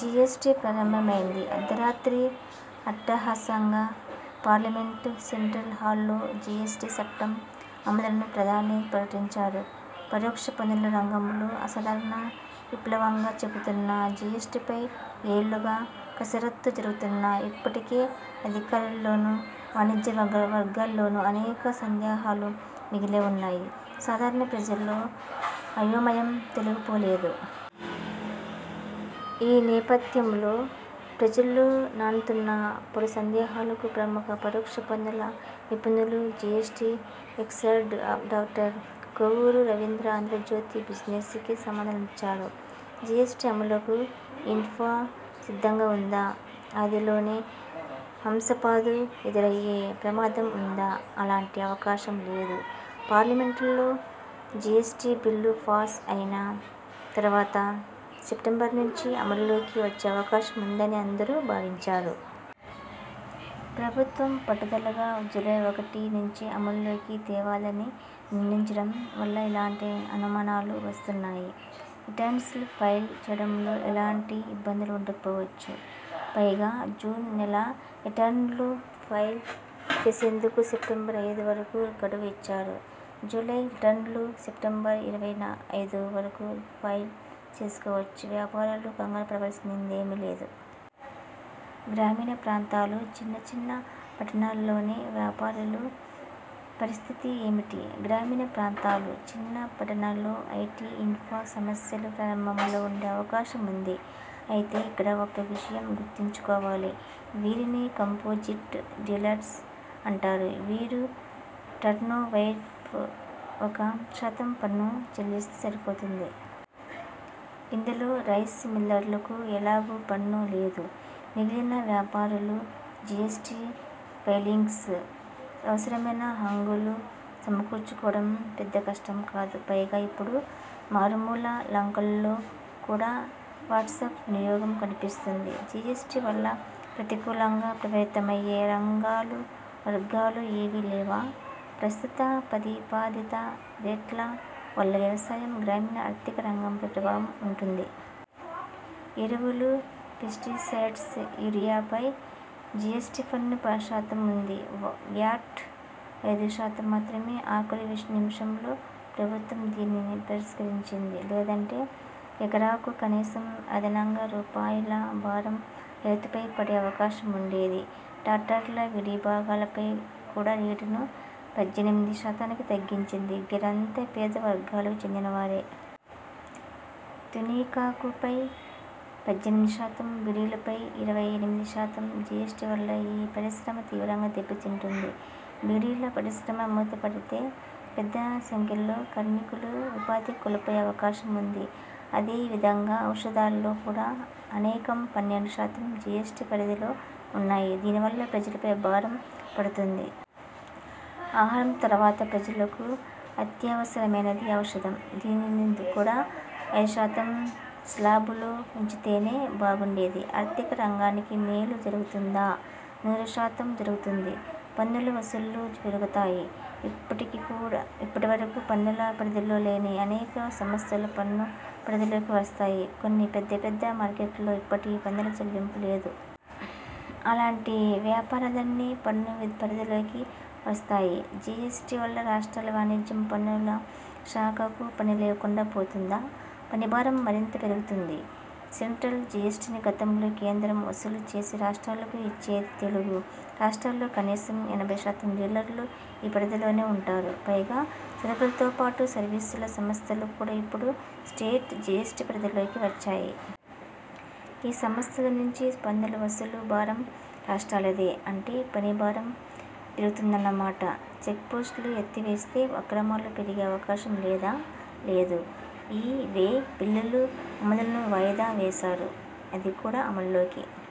GST ప్రారంభమైంది. అర్ధరాత్రి అట్టహాసంగా పార్లమెంట్ సెంట్రల్ హాల్లో జిఎస్టి చట్టం అమలును ప్రధాని ప్రకటించారు. పరోక్ష పన్నుల రంగంలో అసాధారణ విప్లవంగా చెబుతున్న జిఎస్టిపై ఏళ్లుగా కసరత్తు జరుగుతున్నా ఇప్పటికే అధికారుల్లోనూ, వాణిజ్యవర్గాల్లోనూ అనేక సందేహాలు మిగిలే ఉన్నాయి. సాధారణ ప్రజల్లో ఆయోమయం తొలిగిపోలేదు. ఈ నేపథ్యంలో ప్రజల్లో నానుతున్న పలు సందేహాలకు ప్రముఖ పరోక్ష పన్నుల నిపుణులు, GST expert doctor Kovvuru Ravindra 'Andhrajyothi బిజినెస్'కి సమాధానాలిచ్చారు. జిఎస్టి అమలుకు ఇన్ఫ్రా సిద్ధంగా ఉందా? ఆదిలోనే హంసపాదు ఎదురయ్యే ప్రమాదం ఉందా? అలాంటి అవకాశం లేదు. పార్లమెంట్లో జిఎస్టి బిల్లు పాస్ ఆయిన తర్వాత సెప్టెంబర్ నుంచి అమల్లోకి వచ్చే అవకాశం ఉందనే అందరూ భావించారు. ప్రభుత్వం పట్టుదలగా జూలై ఒకటి నుంచే అమల్లోకి తేవాలని నిర్ణయించడం వల్ల ఇలాంటి అనుమానాలు వస్తున్నాయి. రిటర్న్స్ ఫైల్ చేయడంలో ఎలాంటి ఇబ్బందులు ఉండకపోవచ్చు. పైగా జూన్ నెల రిటర్నులు ఫైల్ చేసేందుకు సెప్టెంబర్ ఐదు వరకు గడువు ఇచ్చారు జూలై రిటర్నులు సెప్టెంబర్ ఇరవై ఐదు వరకు ఫైల్ చేసుకోవచ్చు వ్యాపారులు కంగారుపడాల్సిందేమీ లేదు. గ్రామీణప్రాంతాలు, చిన్న చిన్న పట్టణాల్లోని వ్యాపారుల పరిస్థితి ఏమిటీ? గ్రామీణ ప్రాంతాలు, చిన్న పట్టణాల్లో ఐటి ఇన్ఫ్రా సమస్యలు ప్రారంభంలో ఉండే అవకాశం ఉంది. అయితే ఇక్కడ ఒక్క విషయం గుర్తుంచుకోవాలి. వీరిని కాంపోజిట్ డీలర్స్ అంటారు. వీరు టర్నోవర్పై ఒక శాతం పన్ను చెల్లిస్తే సరిపోతుంది. ఇందులో రైస్ మిల్లర్లకు ఎలాగూ పన్ను లేదు. మిగిలిన వ్యాపారులు జిఎ్సటి ఫైలింగ్స్కు అవసరమైన హంగులు సమకూర్చుకోవడం పెద్దకష్టం కాదు. పైగా ఇప్పుడు మారుమూల లంకల్లో కూడా వాట్సప్ వినియోగం కనిపిస్తోంది. జిఎస్టి వల్ల ప్రతికూలంగా ప్రభావితమయ్యే రంగాలు, వర్గాలు ఏవీ లేవా? ప్రస్తుత ప్రతిపాదిత రేట్ల వల్ల వ్యవసాయం, గ్రామీణ ఆర్థిక రంగంపై ప్రభావం ఉంటుంది. ఎరువులు, పెస్టిసైడ్స్, యూరియాపై జిఎస్టి పన్నెండు శాతం ఉంది వ్యాట్ ఐదు శాతం మాత్రమే ఆఖరు నిమిషంలో ప్రభుత్వం దీన్ని పరిష్కరించింది. లేదంటే ఎకరాకు కనీసం అదనంగా రూపాయల భారం రైతుపై పడే అవకాశం ఉండేది. ట్రాక్టర్ల విడిభాగాలపై కూడా రేటును పద్దెనిమిది శాతానికి తగ్గించింది వీరంతా పేద వర్గాలకు చెందినవారే. తునికాకుపై పద్దెనిమిది శాతం, బీడీలపై ఇరవై ఎనిమిది శాతం జిఎస్టి వల్ల ఈ పరిశ్రమ తీవ్రంగా దెబ్బతింటుంది బీడీల పరిశ్రమ మూతబడితే పెద్దసంఖ్యలో కార్మికులు ఉపాధి కోల్పోయే అవకాశం ఉంది. అదే విధంగా ఔషధాల్లో కూడా అనేకం పన్నెండు శాతం జిఎ్సటి పరిధిలో ఉన్నాయి దీనివల్ల ప్రజలపై భారం పడుతుంది. ఆహారం తర్వాత ప్రజలకు అత్యవసరమైనది ఔషధం. దీనిని కూడా ఐదు శాతం స్లాబులో ఉంచితేనే బాగుండేది ఆర్థిక రంగానికి మేలు జరుగుతుందా? నూరు శాతం జరుగుతుంది. పన్నుల వసూళ్లు పెరుగుతాయి. ఇప్పటి కూడా వరకు పన్నుల పరిధిలో లేని అనేక సంస్థలు పన్ను పరిధిలోకి వస్తాయి. కొన్ని పెద్ద పెద్ద మార్కెట్లలో ఇప్పటికీ పన్నుల చెల్లింపు లేదు. అలాంటి వ్యాపారాలన్నీ పన్ను పరిధిలోకి వస్తాయి. జిఎస్టి వల్ల రాష్ట్రాల వాణిజ్య పన్నుల శాఖకు పనిలేకుండా పోతుందా? పనిభారం మరింత పెరుగుతుంది. సెంట్రల్ జిఎస్టిని గతంలో కేంద్రం వసూలు చేసి రాష్ట్రాలకు ఇచ్చేది. తెలుగు రాష్ట్రాల్లో కనీసం ఎనభై శాతం డీలర్లు ఈ పరిధిలోనే ఉంటారు పైగా సరుకులతోపాటు సర్వీసుల సంస్థలు కూడా ఇప్పుడు స్టేట్ జిఎస్టి పరిధిలోకి వచ్చాయి. ఈ సంస్థల నుంచి పన్నుల వసూలు భారం రాష్ట్రాలదే. అంటే పని భారం పెరుగుతుందన్నమాట. చెక్పోస్ట్లు ఎత్తివేస్తే అక్రమాలు పెరిగే అవకాశం లేదా? లేదు. ఇ వే బిల్లుల అమలును వాయిదా వేశారు. అది కూడా అమల్లోకి